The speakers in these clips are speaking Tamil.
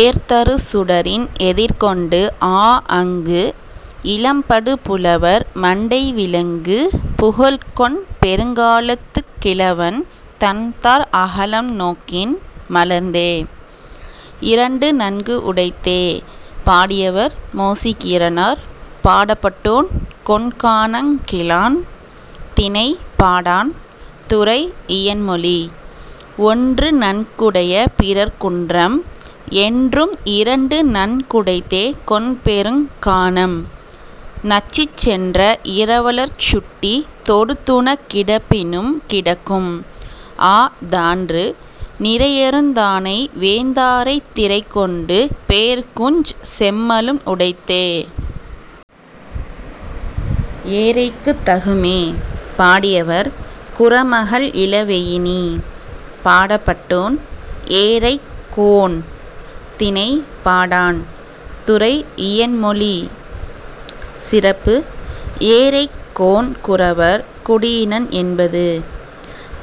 ஏர்தரு சுடரின் எதிர்கொண்டு ஆஅங்கு, இலம்படு புலவர் மண்டை விளங்கு புகழ்க் கொண்பெருங்காலத்துக் கிழவன் தண்தார் அகலம் நோக்கின், மலர்ந்தே.. இரண்டு நன்கு உடைத்தே! பாடியவர்: மோசிகீரனார். பாடப்பட்டோன்: கொண்கானங் கிழான். திணை: பாடாண். துறை: இயன்மொழி. ஒன்றுநன் குடைய பிறர் குன்றம்; என்றும் இரண்டுநன் குடைத்தே கொண்பெருங் கானம்; நச்சிச் சென்ற இரவலர்ச் சுட்டித் தொடுத்துணக் கிடப்பினும் கிடக்கும்; அ·தான்று நிறையருந் தானை வேந்தரைத் திறைகொண்டு பெயர்க்குஞ் செம்மலும் உடைத்தே.. ஏறைக்குத் தகுமே! பாடியவர்: குறமகள் இளவெயினி. பாடப்பட்டோன்: ஏறைக் கோன். திணை: பாடாண். துறை: இயன்மொழி. சிறப்பு: ஏறைக் கோன் குறவர் குடியினன் என்பது.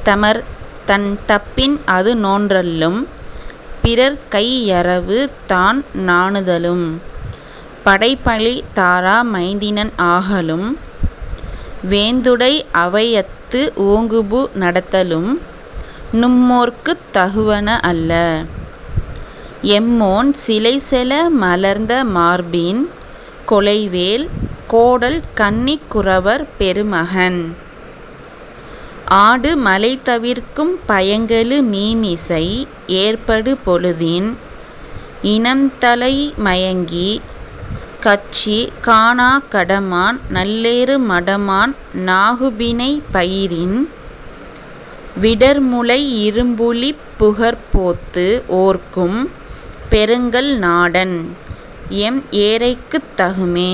தமர்தன் தப்பின் அதுநோன் றல்லும், பிறர்கை யறவு தான்நா ணுதலும், படைப்பழி தாரா மைந்தினன் ஆகலும், வேந்துடை அவையத்து ஓங்குபு நடத்தலும், நும்மோர்க்குத் தகுவன அல்ல; எம்மோன் சிலைசெல மலர்ந்த மார்பின், கொலைவேல், கோடல் கண்ணிக் குறவர் பெருமகன்: ஆடு மழை தவிர்க்கும் பயங்கெழு மீமிசை, எற்படு பொழுதின், இனம்தலை மயங்கிக், கட்சி காணாக் கடமான் நல்லேறு மடமான் நாகுபிணை பயிரின், விடர்முழை இரும்புலிப் புகர்ப்போத்து ஓர்க்கும் பெருங்கல் நாடன்-எம் ஏறைக்குத் தகுமே..